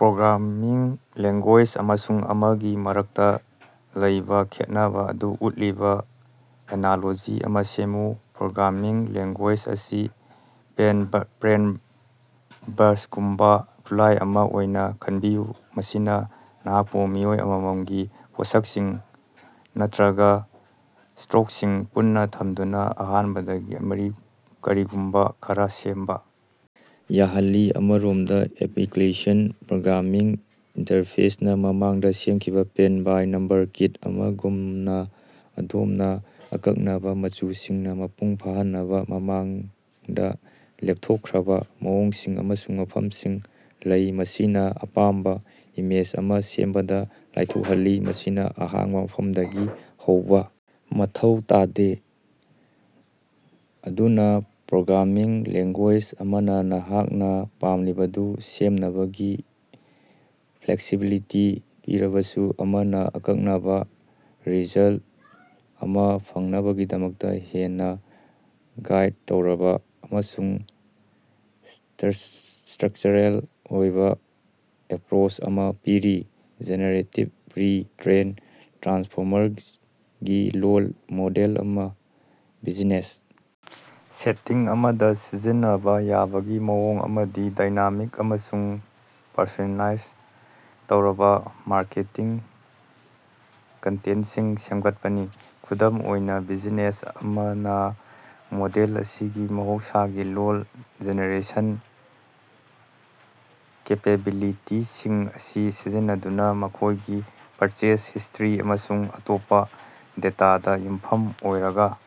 Programming language ꯑꯃꯁꯨꯡ ꯑꯃꯒꯤ ꯃꯔꯛꯇꯥ ꯂꯩꯕꯥ ꯈꯦꯠꯅꯕꯥ ꯑꯗꯨ ꯎꯠꯂꯤꯕꯥ ꯑꯦꯅꯥꯂꯣꯖꯤ ꯑꯃꯥ ꯁꯦꯝꯃꯨ꯫ ꯄ꯭ꯔꯣꯒ꯭ꯔꯥꯃꯤꯡ ꯂꯦꯡꯒꯨꯌꯦꯖ ꯑꯁꯤ ꯄꯦꯟꯠꯕ꯭ꯔꯥꯁꯒꯨꯝꯕꯥ ꯈꯨꯠꯂꯥꯏ ꯑꯃꯥ ꯑꯣꯏꯅꯥ ꯈꯟꯕꯤꯌꯨ ꯃꯁꯤꯅꯥ ꯅꯍꯥꯛꯄꯨ ꯃꯤꯑꯣꯏ ꯑꯃꯃꯝꯒꯤ ꯄꯣꯠꯁꯛꯁꯤꯡ ꯅꯠꯇ꯭ꯔꯒꯥ ꯁ꯭ꯇꯔꯣꯛꯁꯤꯡ ꯄꯨꯟꯅꯥ ꯊꯝꯗꯨꯅꯥ ꯑꯍꯥꯟꯕꯗꯒꯤ ꯀꯔꯤꯒꯨꯝꯕꯥ ꯈꯔꯥ ꯁꯦꯝꯕꯥ ꯌꯥꯍꯜꯂꯤ꯫ ꯑꯃꯔꯣꯝꯗꯥ ꯑꯦꯄꯤꯀ꯭ꯂꯦꯁꯟ ꯄ꯭ꯔꯣꯒ꯭ꯔꯥꯃꯤꯡ ꯏꯟꯇꯔꯐꯦꯁꯅꯥ ꯃꯃꯥꯡꯗꯥ ꯁꯦꯝꯈꯤꯕꯥ ꯄꯦꯟꯡ ꯕꯥꯏ ꯅꯝꯕꯔ ꯀꯤꯠ ꯑꯃꯒꯨꯝꯅꯥ ꯑꯗꯣꯝꯅꯥ ꯑꯀꯛꯅꯕꯥ ꯃꯆꯨꯁꯤꯡꯅꯥ ꯃꯄꯨꯡ ꯐꯥꯍꯟꯅꯕꯥ ꯃꯃꯥꯡꯗꯥ ꯂꯦꯞꯊꯣꯛꯈ꯭ꯔꯕꯥ ꯃꯑꯣꯡꯁꯤꯡ ꯑꯃꯁꯨꯡ ꯃꯐꯝꯁꯤꯡ ꯂꯩ ꯃꯁꯤꯅꯥ ꯑꯄꯥꯝꯕꯥ ꯏꯃꯦꯖ ꯑꯃꯥ ꯁꯦꯝꯕꯗꯥ ꯂꯥꯏꯊꯣꯛꯍꯜꯂꯤ ꯃꯁꯤꯅꯥ ꯑꯍꯥꯡꯕꯥ ꯃꯐꯝꯗꯒꯤ ꯍꯧꯕꯥ ꯃꯊꯧ ꯇꯥꯗꯦ꯫ ꯑꯗꯨꯅꯥ ꯄ꯭ꯔꯣꯒ꯭ꯔꯥꯃꯤꯡ ꯂꯦꯡꯒꯨꯌꯦꯖ ꯑꯃꯅꯥ ꯅꯍꯥꯛꯅꯥ ꯄꯥꯝꯂꯤꯕꯗꯨ ꯁꯦꯝꯅꯕꯒꯤ ꯐ꯭ꯂꯦꯛꯁꯤꯕꯤꯂꯤꯇꯤ ꯄꯤꯔꯕꯁꯨ ꯑꯃꯅꯥ ꯑꯀꯛꯅꯕꯥ ꯔꯤꯖꯜꯠ ꯑꯃꯥ ꯐꯪꯅꯕꯒꯤꯗꯃꯛ ꯍꯦꯟꯅꯥ ꯒꯥꯏꯗ ꯇꯧꯔꯕꯥ ꯑꯃꯁꯨꯡ ꯁ꯭ꯇꯔꯛꯆꯔꯦꯜ ꯑꯣꯏꯕꯥ ꯑꯦꯄ꯭ꯔꯣꯆ ꯑꯃꯥ ꯄꯤꯔꯤ꯫ ꯖꯦꯅꯦꯔꯦꯇꯤꯚ ꯄ꯭ꯔꯤ ꯇ꯭ꯔꯦꯟ ꯇ꯭ꯔꯥꯟꯁꯐꯣꯔꯃꯔꯒꯤ ꯂꯣꯜ ꯃꯣꯗꯦꯜ ꯑꯃꯥ ꯕꯤꯖꯤꯅꯦꯁ ꯁꯦꯇꯤꯡ ꯑꯃꯗꯥ ꯁꯤꯖꯤꯟꯅꯕꯥ ꯌꯥꯕꯒꯤ ꯃꯑꯣꯡ ꯑꯃꯗꯤ ꯗꯥꯏꯅꯥꯃꯤꯛ ꯑꯃꯁꯨꯡ ꯄꯔꯁꯣꯅꯦꯂꯥꯏꯖ ꯇꯧꯔꯕꯥ ꯃꯥꯔꯀꯦꯇꯤꯡ ꯀꯟꯇꯦꯟꯠꯁꯤꯡ ꯁꯦꯝꯒꯠꯄꯅꯤ꯫ ꯈꯨꯗꯝ ꯑꯣꯏꯅꯥ ꯕꯤꯖꯤꯅꯦꯁ ꯑꯃꯅꯥ ꯃꯣꯗꯦꯜ ꯑꯁꯤꯒꯤ ꯃꯍꯧꯁꯥꯒꯤ ꯂꯣꯜ ꯖꯦꯅꯦꯔꯦꯁꯟ ꯀꯦꯄꯦꯕꯤꯂꯤꯇꯤꯁꯤꯡ ꯑꯁꯤ ꯁꯤꯖꯤꯟꯅꯗꯨꯅꯥ ꯃꯈꯣꯏꯒꯤ ꯄꯔꯆꯦꯖ ꯍꯤꯁ꯭ꯇꯔꯤ ꯑꯃꯁꯨꯡ ꯑꯇꯣꯞꯄꯥ ꯗꯦꯇꯥꯗꯥ ꯌꯨꯝꯐꯝ ꯑꯣꯏꯔꯒꯥ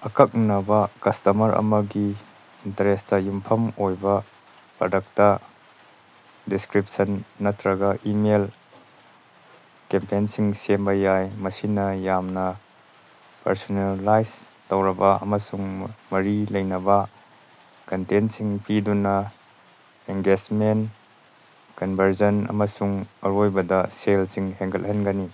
ꯑꯀꯛꯅꯕꯥ ꯀꯁꯇꯃꯔ ꯑꯃꯒꯤ ꯏꯟꯇꯔꯦꯁ꯭ꯠꯇꯥ ꯌꯨꯝꯐꯝ ꯑꯣꯏꯕꯥ ꯄ꯭ꯔꯗꯛꯇ ꯗꯤꯁꯀ꯭ꯔꯤꯞꯁꯟ ꯅꯠꯇ꯭ꯔꯒꯥ ꯏꯃꯦꯜ ꯀꯦꯝꯄꯦꯟꯁꯤꯡ ꯁꯦꯝꯕꯥ ꯌꯥꯏ꯫ ꯃꯁꯤꯅꯥ ꯌꯥꯝꯅꯥ ꯄꯔꯁꯣꯅꯦꯂꯥꯏꯖ ꯇꯧꯔꯕꯥ ꯑꯃꯁꯨꯡ ꯃꯔꯤ ꯂꯩꯅꯕꯥ ꯀꯟꯇꯦꯟꯠꯁꯤꯡ ꯄꯤꯗꯨꯅꯥ ꯑꯦꯡꯒꯦꯖꯃꯦꯟꯠ ꯀꯟꯕꯔꯁꯟ ꯑꯃꯁꯨꯡ ꯑꯔꯣꯏꯕꯗꯥ ꯁꯦꯜꯁꯤꯡ ꯍꯦꯟꯒꯠꯍꯟꯒꯅꯤ꯫